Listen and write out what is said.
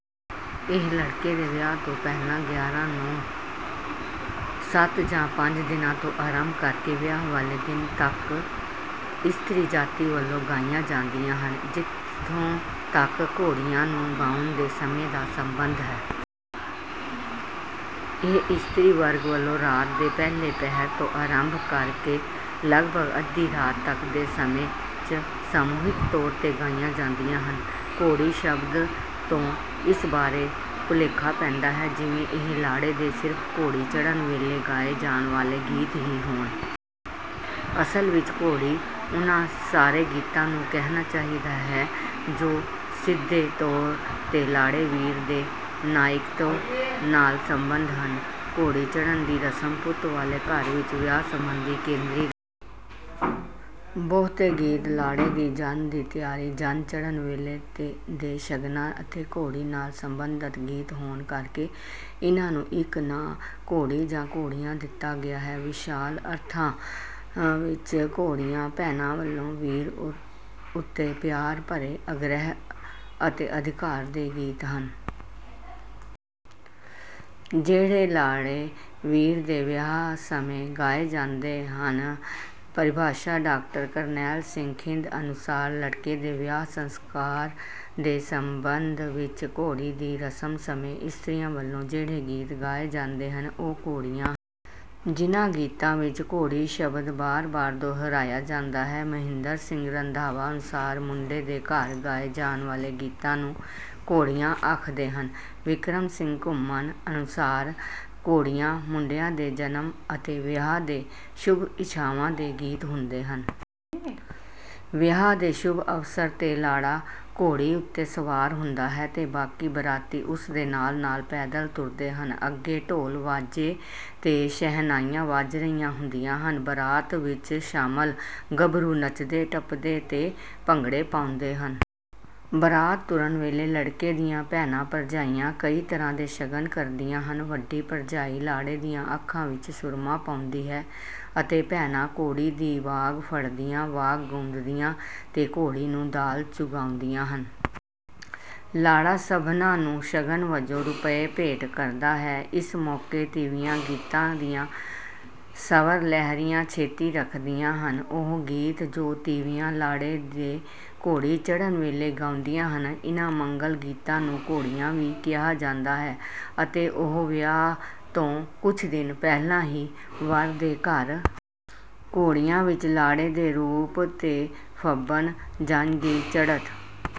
ਇਹ ਲੜਕੇ ਦੇ ਵਿਆਹ ਤੋਂ ਪਹਿਲਾਂ ਗਿਆਰਾਂ, ਨੌ, ਸੱਤ ਜਾਂ ਪੰਜ ਦਿਨਾਂ ਤੋਂ ਆਰੰਭ ਕਰਕੇ ਵਿਆਹ ਵਾਲੇ ਦਿਨ ਤੱਕ ਇਸਤਰੀ ਜਾਤੀ ਵੱਲੋਂ ਗਾਈਆਂ ਜਾਂਦੀਆਂ ਹਨ ਜਿੱਥੋ ਤੱਕ ਘੋੜੀਆਂ ਨੂੰ ਗਾਉਣ ਦੇ ਸਮੇਂ ਦਾ ਸੰਬੰਧ ਹੈ। ਇਹ ਇਸਤਰੀ ਵਰਗ ਵੱਲੋਂ ਰਾਤ ਦੇ ਪਹਿਲੇ ਪਹਿਰ ਤੋਂ ਆਰੰਭ ਕਰਕੇ ਲਗਭਗ ਅੱਧੀ ਰਾਤ ਤੱਕ ਦੇ ਸਮੇਂ ਚ ਸਮੂਹਿਕ ਤੌਰ ਤੇ ਗਾਈਆਂ ਜਾਂਦੀਆਂ ਹਨ। 'ਘੋੜੀ ਸ਼ਬਦ ਤੋਂ ਇਸ ਬਾਰੇ ਭੁਲੇਖਾ ਪੈਂਦਾ ਹੈ ਜਿਵੇਂ ਇਹ ਲਾੜੇ ਦੇ ਸਿਰਫ਼ ਘੋੜੀ ਚੜ੍ਹਨ ਵੇਲੇ ਗਾਏ ਜਾਣ ਵਾਲੇ ਗੀਤ ਹੀ ਹੋਣ। ਅਸਲ ਵਿਚ ਘੋੜੀ ਉਨ੍ਹਾਂ ਸਾਰੇ ਗੀਤਾਂ ਨੂੰ ਕਹਿਣਾ ਚਾਹੀਦਾ ਹੈ ਜੋ ਸਿੱਧੇ ਤੌਰ ਤੇ ਲਾੜੇ-ਵੀਰ ਦੇ ਨਾਇਕਤਵ ਨਾਲ ਸਬੰਧਤ ਹਨ। ਘੋੜੀ ਚੜ੍ਹਨ ਦੀ ਰਸਮ ਪੁੱਤ ਵਾਲੇ ਘਰ ਵਿਚ ਵਿਆਹ ਸਬੰਧੀ ਕੇਂਦਰੀ ਰਸਮ ਹੈ। ਬਹੁਤੇ ਗੀਤ ਲਾੜੇ ਦੀ ਜੰਨ ਦੀ ਤਿਆਰੀ, ਜੰਨ ਚੜ੍ਹਨ ਵੇਲੇ ਦੇ ਸ਼ਗਨਾਂ ਅਤੇ ਘੋੜੀ ਨਾਲ ਸਬੰਧਤ ਗੀਤ ਹੋਣ ਕਰਕੇ ਇਨ੍ਹਾਂ ਨੂੰ ਇਕ ਨਾਂ 'ਘੋੜੀ ਜਾਂ 'ਘੋੜੀਆਂ ਦਿੱਤਾ ਗਿਆ ਹੈ। ਵਿਸ਼ਾਲ ਅਰਥਾਂ ਵਿਚ ਘੋੜੀਆਂ, ਭੈਣਾਂ ਵੱਲੋਂ ਵੀਰ ਉੱਤੇ ਪਿਆਰ ਭਰੇ ਆਗ੍ਰਿਹ ਅਤੇ ਅਧਿਕਾਰ ਦੇ ਗੀਤ ਹਨ। ਜਿਹੜੇ ਲਾੜੇ-ਵੀਰ ਦੇ ਵਿਆਹ ਸਮੇਂ ਗਏ ਜਾਂਦੇ ਹਨ। ਪਰਿਭਾਸ਼ਾ ਡਾਕਟਰ ਕਰਨੈਲ ਸਿੰਘ ਥਿੰਦ ਅਨੁਸਾਰ, "ਲੜਕੇ ਦੇ ਵਿਆਹ ਸੰਸਕਾਰ ਦੇ ਸੰਬੰਧ ਵਿੱਚ ਘੋੜੀ ਦੀ ਰਸਮ ਸਮੇਂ ਇਸਤਰੀਆਂ ਵੱਲੋਂ ਜਿਹੜੇ ਗੀਤ ਗਾਏ ਜਾਂਦੇ ਹਨ, ਉਹ ਘੋੜੀਆਂ ਹਨ। ਜਿਨ੍ਹਾਂ ਗੀਤਾਂ ਵਿੱਚ ਘੋੜੀ ਸ਼ਬਦ ਬਾਰ-ਬਾਰ ਦੁਹਰਾਇਆ ਜਾਂਦਾ ਹੈ। " ਮਹਿੰਦਰ ਸਿੰਘ ਰੰਧਾਵਾ ਅਨੁਸਾਰ, "ਮੁੰਡੇ ਦੇ ਘਰ ਗਾਏ ਜਾਣ ਵਾਲੇ ਗੀਤਾਂ ਨੂੰ "ਘੋੜੀਆਂ" ਆਖਦੇ ਹਨ। " ਬਿਕਰਮ ਸਿੰਘ ਘੁੰਮਣ ਅਨੁਸਾਰ, "ਘੋੜੀਆਂ, ਮੁੰਡਿਆਂ ਦੇ ਜਨਮ ਅਤੇ ਵਿਆਹ ਦੇ ਸ਼ੁਭ-ਇੱਛਾਂਵਾਂ ਦੇ ਗੀਤ ਹੁੰਦੇ ਹਨ। ਵਿਆਹ ਦੇ ਸ਼ੁਭ ਅਵਸਰ ਤੇ ਲਾੜ੍ਹਾਂ ਘੋੜੀ ਉੱਤੇ ਸਵਾਰ ਹੁੰਦਾ ਹੈ ਤੇ ਬਾਕੀ ਬਰਾਤੀ ਉਸ ਦੇ ਨਾਲ-ਨਾਲ ਪੈਦਲ ਤੁਰਦੇ ਹਨ। ਅੱਗੇ ਢੋਲ ਵਾਜੇ ਤੇ ਸ਼ਹਿਨਾਈਆਂ ਵੱਜ ਰਹੀਆਂ ਹੁੰਦੀਆਂ ਹਨ। ਬਰਾਤ ਵਿਚ ਸ਼ਾਮਲ ਗੱਭਰੂ ਨੱਚਦੇ ਟੱਪਦੇ ਤੇ ਭੰਗੜੇ ਪਾਉਂਦੇ ਹਨ। ਬਰਾਤ ਤੁਰਨ ਵੇਲੇ ਲੜਕੇ ਦੀਆਂ ਭੈਣਾਂ ਭਰਜਾਈਆਂ ਕਈ ਤਰ੍ਹਾਂ ਦੇ ਸ਼ਗਨ ਕਰਦੀਆਂ ਹਨ। ਵੱਡੀ ਭਰਜਾਈ ਲਾਂੜੇ ਦੀਆਂ ਅੱਖਾਂ ਵਿੱਚ ਸੁਰਮਾ ਪਾਉਂਦੀ ਹੈ ਅਤੇ ਭੈਣਾਂ ਘੋੜੀ ਦੀ 'ਵਾਗ ਫੜਦੀਆਂ, 'ਵਾਗ ਗੁੰਦਦੀਆਂ ਤੇ ਘੋੜੀ ਨੂੰ ਦਾਲ ਚੁਗਾਉਂਦੀਆ ਹਨ। ਲਾੜ੍ਹਾ ਸਭਨਾਂ ਨੂੰ ਸ਼ਗਨ ਵਜੋਂ ਰੁਪਏ ਭੇਟ ਕਰਦਾ ਹੈ। ਇਸ ਮੌਕੇ ਤੀਵੀਆਂ ਗੀਤਾਂ ਦੀਆਂ ਸਵਰ ਲਹਿਰੀਆਂ ਛੇੜੀ ਰੱਖਦੀਆਂ ਹਨ। ਉਹ ਗੀਤ ਜੋ ਤੀਵੀਆਂ ਲਾੜੇ ਦੇ ਘੋੜੀ ਚੜ੍ਹਨ ਵੇਲੇ ਗਾਉਂਦੀਆਂ ਹਨ। ਇਨ੍ਹਾਂ ਮੰਗਲ ਗੀਤਾਂ ਨੂੰ 'ਘੋੜੀਆਂ ਵੀ ਕਿਹਾ ਜਾਂਦਾ ਹੈ ਅਤੇ ਇਹ ਵਿਆਹ ਤੋਂ ਕੁਝ ਦਿਨ ਪਹਿਲਾਂ ਹੀ ਵਰ ਦੇ ਘਰ ਗਾਈਆਂ ਜਾਣ ਲੱਗ ਪੈਂਦੀਆਂ ਹਨ। ਘੋੜੀਆਂ ਵਿੱਚ ਲਾੜ੍ਹੇ ਦੇ ਰੂਪ ਤੇ ਫੱਬਣ, ਜੰਞ ਦੀ ਚੜ੍ਹਤ